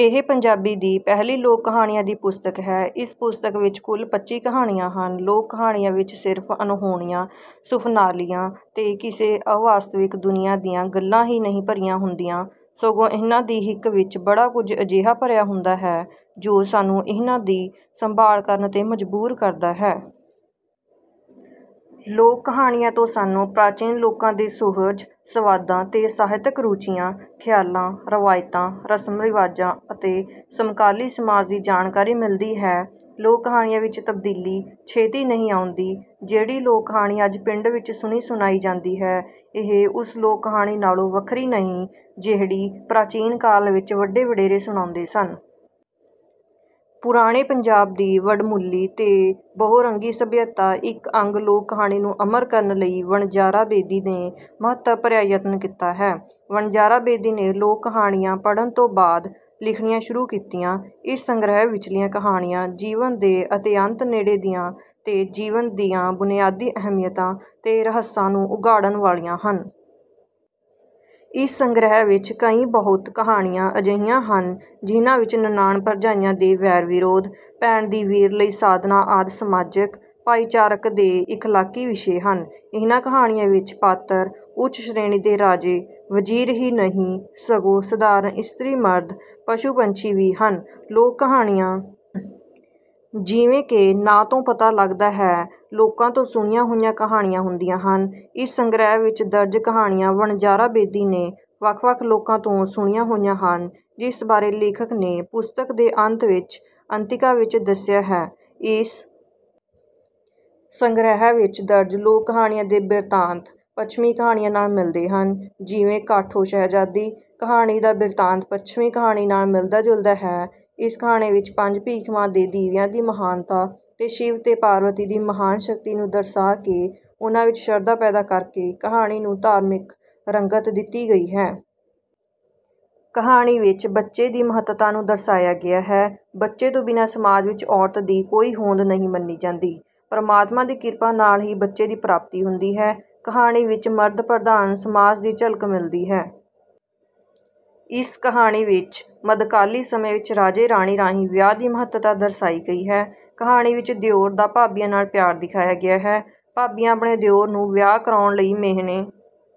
ਇਹ ਪੰਜਾਬੀ ਦੀ ਪਹਿਲੀ ਲੋਕ-ਕਹਾਣੀਆਂ ਦੀ ਪੁਸਤਕ ਹੈ। ਇਸ ਪੁਸਤਕ ਵਿੱਚ ਕੁੱਲ ਪੱਚੀ ਕਹਾਣੀਆਂ ਹਨ। ਲੋਕ-ਕਹਾਣੀਆਂ ਵਿਚ ਸਿਰਫ਼ ਅਨਹੋਣੀਆਂ, ਸੁਫ਼ਨਾਲੀਆਂ ਤੇ ਕਿਸੇ ਅਵਾਸਤਵਿਕ ਦੁਨੀਆਂ ਦੀਆਂ ਗੱਲਾਂ ਹੀ ਨਹੀਂ ਭਰੀਆਂ ਹੁੰਦੀਆਂ, ਸਗੋਂ ਇਹਨਾਂ ਦੀ ਹਿੱਕ ਵਿਚ ਬੜਾ ਕੁਝ ਅਜਿਹਾ ਭਰਿਆ ਪਿਆ ਹੁੰਦਾ ਹੈ, ਜੋ ਸਾਨੂੰ ਇਹਨਾਂ ਦੀ ਸੰਭਾਲ ਕਰਨ ਤੇ ਮਜ਼ਬੂਰ ਕਰਦਾ ਹੈ। ਲੋਕ-ਕਹਾਣੀਆਂ ਤੋਂ ਸਾਨੂੰ ਪ੍ਰਾਚੀਨ ਲੋਕਾਂ ਦੇ ਸੁਹਜ, ਸਵਾਦਾਂ ਤੇ ਸਾਹਿਤਕ ਰੁਚੀਆਂ, ਖ਼ਿਆਲਾਂ, ਰਵਾਇਤਾਂ, ਰਸਮ-ਰਿਵਾਜਾਂ ਅਤੇ ਸਮਕਾਲੀ ਸਮਾਜ ਦੀ ਜਾਣਕਾਰੀ ਮਿਲਦੀ ਹੈ। ਲੋਕ-ਕਹਾਣੀਆਂ ਵਿਚ ਤਬਦੀਲੀ ਛੇਤੀ ਨਹੀਂ ਆਉਂਦੀ। ਜਿਹੜੀ ਲੋਕ-ਕਹਾਣੀ ਅੱਜ ਪਿੰਡ ਵਿਚ ਸੁਣੀ-ਸੁਣਾਈ ਜਾਂਦੀ ਹੈ, ਇਹ ਉਸ ਲੋਕ-ਕਹਾਣੀ ਨਾਲੋਂ ਵੱਖਰੀ ਨਹੀਂ, ਜਿਹੜੀ ਪ੍ਰਾਚੀਨ ਕਾਲ ਵਿਚ ਵੱਡੇ-ਵਡੇਰੇ ਸੁਣਾਉਂਦੇ ਸਨ। ਪੁਰਾਣੇ ਪੰਜਾਬ ਦੀ ਵਡਮੁੱਲੀ ਤੇ ਬਹੁ-ਰੰਗੀ ਸਭਿਅਤਾ ਦੇ ਇਕ ਅੰਗ ਲੋਕ-ਕਹਾਣੀ ਨੂੰ ਅਮਰ ਕਰਨ ਲਈ ਵਣਜਾਰਾ ਬੇਦੀ ਨੇ ਮਹੱਤਵ-ਭਰਿਆ ਯਤਨ ਕੀਤਾ ਹੈ। ਵਣਜਾਰਾ ਬੇਦੀ ਨੇ ਲੋਕ-ਕਹਾਣੀਆਂ ਪੜ੍ਹਨ ਤੋਂ ਬਾਅਦ ਲਿਖਣੀਆਂ ਸ਼ੁਰੂ ਕੀਤੀਆਂ। ਇਸ ਸੰਗ੍ਰਹਿ ਵਿਚਲੀਆਂ ਕਹਾਣੀਆਂ ਜੀਵਨ ਦੇ ਅਤਿਅੰਤ ਨੇੜੇ ਦੀਆਂ ਤੇ ਜੀਵਨ ਦੀਆਂ ਬੁਨਿਆਦੀ ਅਹਿਮੀਅਤਾਂ ਤੇ ਰਹੱਸਾਂ ਨੂੰ ਉਘਾੜਨ ਵਾਲੀਆਂ ਹਨ। ਇਸ ਸੰਗ੍ਰਹਿ ਵਿਚ ਕਈ ਬਹੁਤ ਕਹਾਣੀਆਂ ਅਜਿਹੀਆਂ ਹਨ, ਜਿਹਨਾਂ ਵਿਚ ਨਨਾਣ-ਭਰਜਾਈਆਂ ਦੇ ਵੈਰ-ਵਿਰੋਧ, ਭੈਣ ਦੀ ਵੀਰ ਲਈ ਸਾਧਨਾ ਆਦਿ ਸਮਾਜਕ, ਭਾਈਚਾਰਕ ਤੇ ਇਖ਼ਲਾਕੀ ਵਿਸ਼ੇ ਹਨ। ਇਹਨਾਂ ਕਹਾਣੀਆਂ ਵਿਚ ਪਾਤਰ ਉੱਚ-ਸ਼੍ਰੇਣੀ ਦੇ ਰਾਜੇ, ਵਜ਼ੀਰ ਹੀ ਨਹੀਂ, ਸਗੋਂ ਸਾਧਾਰਨ ਇਸਤਰੀ-ਮਰਦ, ਪਸ਼ੂ-ਪੰਛੀ ਵੀ ਹਨ। ਲੋਕ-ਕਹਾਣੀਆਂ, ਜਿਵੇਂ ਕਿ ਨਾਂ ਤੋਂ ਪਤਾ ਲਗਦਾ ਹੈ, ਲੋਕਾਂ ਤੋਂ ਸੁਣੀਆਂ ਹੋਈਆਂ ਕਹਾਣੀਆਂ ਹੁੰਦੀਆਂ ਹਨ। ਇਸ ਸੰਗ੍ਰਹਿ ਵਿਚ ਦਰਜ ਕਹਾਣੀਆਂ ਵਣਜਾਰਾ ਬੇਦੀ ਨੇ ਵੱਖ-ਵੱਖ ਲੋਕਾਂ ਤੋਂ ਸੁਣੀਆਂ ਹੋਈਆਂ ਹਨ, ਜਿਸ ਬਾਰੇ ਲੇਖਕ ਨੇ ਪੁਸਤਕ ਦੇ ਅੰਤ ਵਿਚ ਅੰਤਿਕਾ ਵਿਚ ਦੱਸਿਆ ਹੈ। ਇਸ ਸੰਗ੍ਰਹਿ ਵਿਚ ਦਰਜ ਲੋਕ-ਕਹਾਣੀਆਂ ਦੇ ਬਿਰਤਾਂਤ ਪੱਛਮੀ ਕਹਾਣੀਆਂ ਨਾਲ ਮਿਲਦੇ ਹਨ। ਜਿਵੇਂ ‘ਕਾਠੋ ਸ਼ਹਿਜ਼ਾਦੀ’ ਕਹਾਣੀ ਦਾ ਬਿਰਤਾਂਤ ਪੱਛਮੀ ਕਹਾਣੀ ਨਾਲ ਮਿਲਦਾ-ਜੁਲਦਾ ਹੈ। ਇਸ ਕਹਾਣੀ ਵਿਚ ਪੰਜ ਭੀਖਮਾਂ ਦੇ ਦੀਵਿਆਂ ਦੀ ਮਹਾਨਤਾ ਤੇ ਸ਼ਿਵ ਤੇ ਪਾਰਬਤੀ ਦੀ ਮਹਾਨ ਸ਼ਕਤੀ ਨੂੰ ਦਰਸਾ ਕੇ ਉਨ੍ਹਾਂ ਵਿਚ ਸ਼ਰਧਾ ਪੈਦਾ ਕਰਕੇ ਕਹਾਣੀ ਨੂੰ ਧਾਰਮਿਕ ਰੰਗਤ ਦਿੱਤੀ ਗਈ ਹੈ। ਕਹਾਣੀ ਵਿਚ ਬੱਚੇ ਦੀ ਮਹੱਤਤਾ ਨੂੰ ਦਰਸਾਇਆ ਗਿਆ ਹੈ। ਬੱਚੇ ਤੋਂ ਬਿਨਾਂ ਸਮਾਜ ਵਿਚ ਔਰਤ ਦੀ ਕੋਈ ਹੋਂਦ ਨਹੀਂ ਮੰਨੀ ਜਾਂਦੀ। ਪਰਮਾਤਮਾ ਦੀ ਕਿਰਪਾ ਨਾਲ ਹੀ ਬੱਚੇ ਦੀ ਪ੍ਰਾਪਤੀ ਹੁੰਦੀ ਹੈ। ਕਹਾਣੀ ਵਿੱਚ ਮਰਦ-ਪ੍ਰਧਾਨ ਸਮਾਜ ਦੀ ਝਲਕ ਮਿਲਦੀ ਹੈ। ਇਸ ਕਹਾਣੀ ਵਿਚ ਮੱਧਕਾਲੀ ਸਮੇਂ ਵਿਚ ਰਾਜੇ-ਰਾਣੀ ਰਾਹੀਂ ਵਿਆਹ ਦੀ ਮਹੱਤਤਾ ਦਰਸਾਈ ਗਈ ਹੈ। ਕਹਾਣੀ ਵਿਚ ਦਿਉਰ ਦਾ ਭਾਬੀਆਂ ਨਾਲ ਪਿਆਰ ਦਿਖਾਇਆ ਗਿਆ ਹੈ। ਭਾਬੀਆਂ ਆਪਣੇ ਦਿਉਰ ਨੂੰ ਵਿਆਹ ਕਰਾਉਣ ਲਈ ਮਿਹਣੇ...